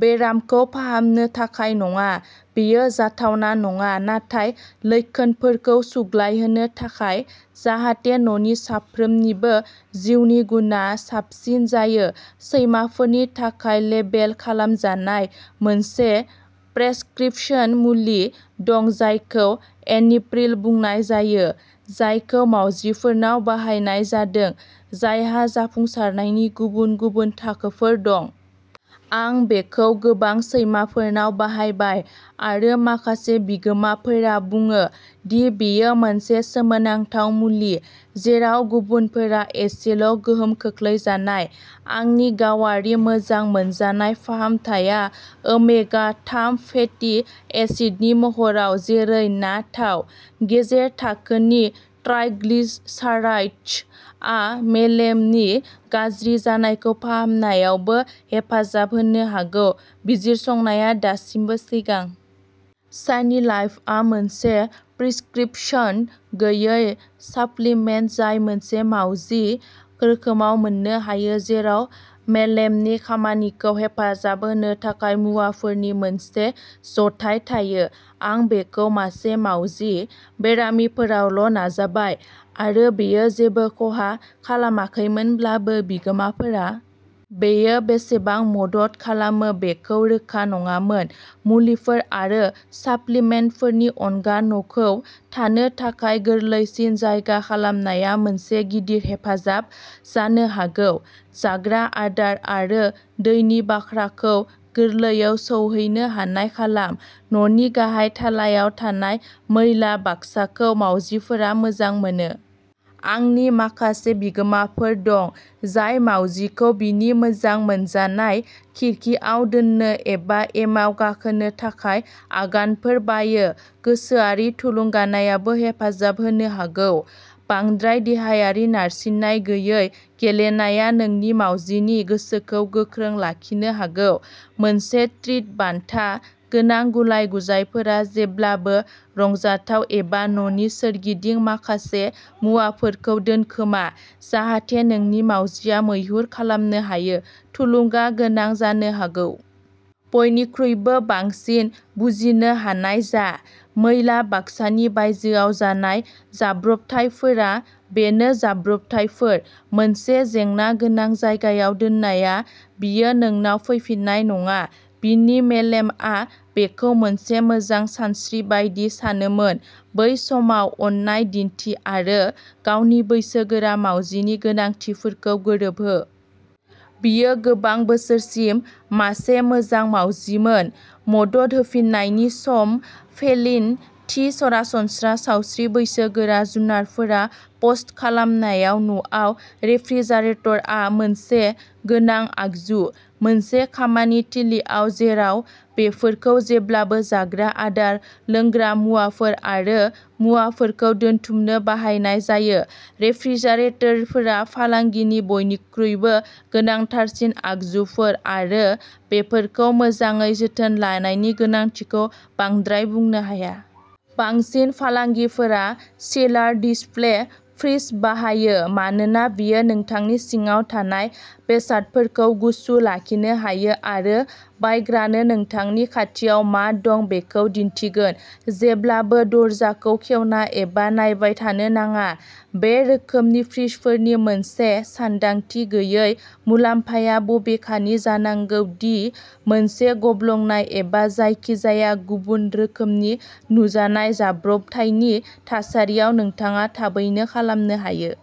बेरामखौ फाहामनो थाखाय नङा बेयो जाथावना नङा नाथाय लैखोनफोरखौ सुग्लायहोनो थाखाय जाहाथे न'नि साफ्रोमनिबो जिउनि गुनआ साबसिन जायो। सैमाफोरनि थाखाय लेबेल खालामजानाय मोनसे प्रेसक्रिप्शन मुलि दं, जायखौ एनिप्रिल बुंनाय जायो, जायखौ मावजिफोरनाव बाहायनाय जादों, जायहा जाफुंसारनायनि गुबुन गुबुन थाखोफोर दं। आं बेखौ गोबां सैमाफोरनाव बाहायबाय, आरो माखासे बिगोमाफोरा बुङो दि बेयो मोनसे सोमोनांथाव मुलि, जेराव गुबुनफोरा एसेल' गोहोम खोख्लैजानाय। आंनि गावारि मोजां मोनजानाय फाहामथाया ओमेगा थाम फेटि एसिडनि महराव, जेरै ना थाव। गेजेर थाखोनि ट्राइग्लिसाराइड्स आ मेलेमनि गाज्रि जानायखौ फाहामनायावबो हेफाजाब होनो हागौ बिजिरसंनाया दासिमबो सिगां। सेनिलाइफआ मोनसे प्रिस्क्रिप्शन गैयै साप्लिमेन्ट जाय मोनसे मावजि रोखोमाव मोननो हायो जेराव मेलेमनि खामानिखौ हेफाजाब होनो थाखाय मुवाफोरनि मोनसे जथाय थायो। आं बेखौ मासे मावजि बेरामिफोरावल' नाजाबाय, आरो बेयो जेबो खहा खालामाखैमोनब्लाबो, बिगोमाफोरा। बेयो बेसेबां मदद खालामो बेखौ रोखा नङामोन। मुलिफोर आरो साप्लिमेन्टफोरनि अनगा, न'खौ थानो थाखाय गोरलैसिन जायगा खालामनाया मोनसे गिदिर हेफाजाब जानो हागौ जाग्रा आदार आरो दैनि बाख्राखौ गोरलैयै सौहैनो हानाय खालाम। न'नि गाहाय थालायाव थानाय मैला बाक्साखौ मावजिफोरा मोजां मोनो। आंनि माखासे बिगोमाफोर दं, जाय मावजिखौ बिनि मोजां मोनजानाय खिरखिआव दोननो एबा एमाव गाखोनो थाखाय आगानफोर बायो गोसोआरि थुलुंगानायाबो हेफाजाब होनो हागौ बांद्राय देहायारि नारसिननाय गैयै गेलेनाया नोंनि मावजिनि गोसोखौ गोख्रों लाखिनो हागौ मोनसे ट्रिट बान्था गोनां गुलाय-गुजायफोरा जेब्लाबो रंजाथाव, एबा न'नि सोरगिदिं माखासे मुवाफोरखौ दोनखोमा, जाहाथे नोंनि मावजिआ मैहुर खालामनो हायो, थुलुंगा गोनां जानो हागौ। बयनिख्रुइबो बांसिन, बुजिनो हानाय जा। मैला बाक्सानि बायजोआव जानाय जाब्रबथायफोरा बेनो जाब्रबथायफोर। मोनसे जेंना गोनां जायगायाव दोननाया बियो नोंनाव फैफिन्नाय नङा बिनि मेलेमआ बेखौ मोनसे मोजां सानस्रि बायदि सानोमोन। बै समाव अननाय दिन्थि, आरो गावनि बैसोगोरा मावजिनि गोनांथिफोरखौ गोरोबहो। बियो गोबां बोसोरसिम मासे मोजां मावजिमोन मदद होफिन्नायनि सम फेलिइन थि, सरासनस्रा सावस्रि, बैसोगोरा जुनारफोराव पस्ट खालामनाय। न'आव, रेफ्रिजारेटरआ मोनसे गोनां आगजु। मोनसे खामानि थिलिआव जेराव बेफोरखौ जेब्लाबो जाग्रा आदार, लोंग्रा मुवाफोर आरो मुवाफोरखौ दोनथुमनो बाहायनाय जायो, रेफ्रिजारेटरफोरा फालांगिनि बयनिख्रुइबो गोनांथारसिन आगजुफोर आरो बेफोरखौ मोजाङै जोथोन लानायनि गोनांथिखौ बांद्राय बुंनो हाया। बांसिन फालांगिफोरा चिलार डिस्प्ले फ्रिज बाहायो मानोना बेयो नोंथांनि सिङाव थानाय बेसादफोरखौ गुसु लाखिनो हायो आरो बायग्रानो नोंथांनि खाथियाव मा दं बेखौ दिन्थिगोन, जेब्लाबो दरजाखौ खेवना एबा नायबाय थानो नाङा। बे रोखोमनि फ्रिजफोरनि मोनसे सानदांथि गैयै मुलाम्फाया बबेखानि जानांगौ दि मोनसे गब्लंनाय एबा जायखिजाया गुबुन रोखोमनि नुजानाय जाब्रबथायनि थासारियाव, नोंथाङा थाबैनो खालामनो हायो।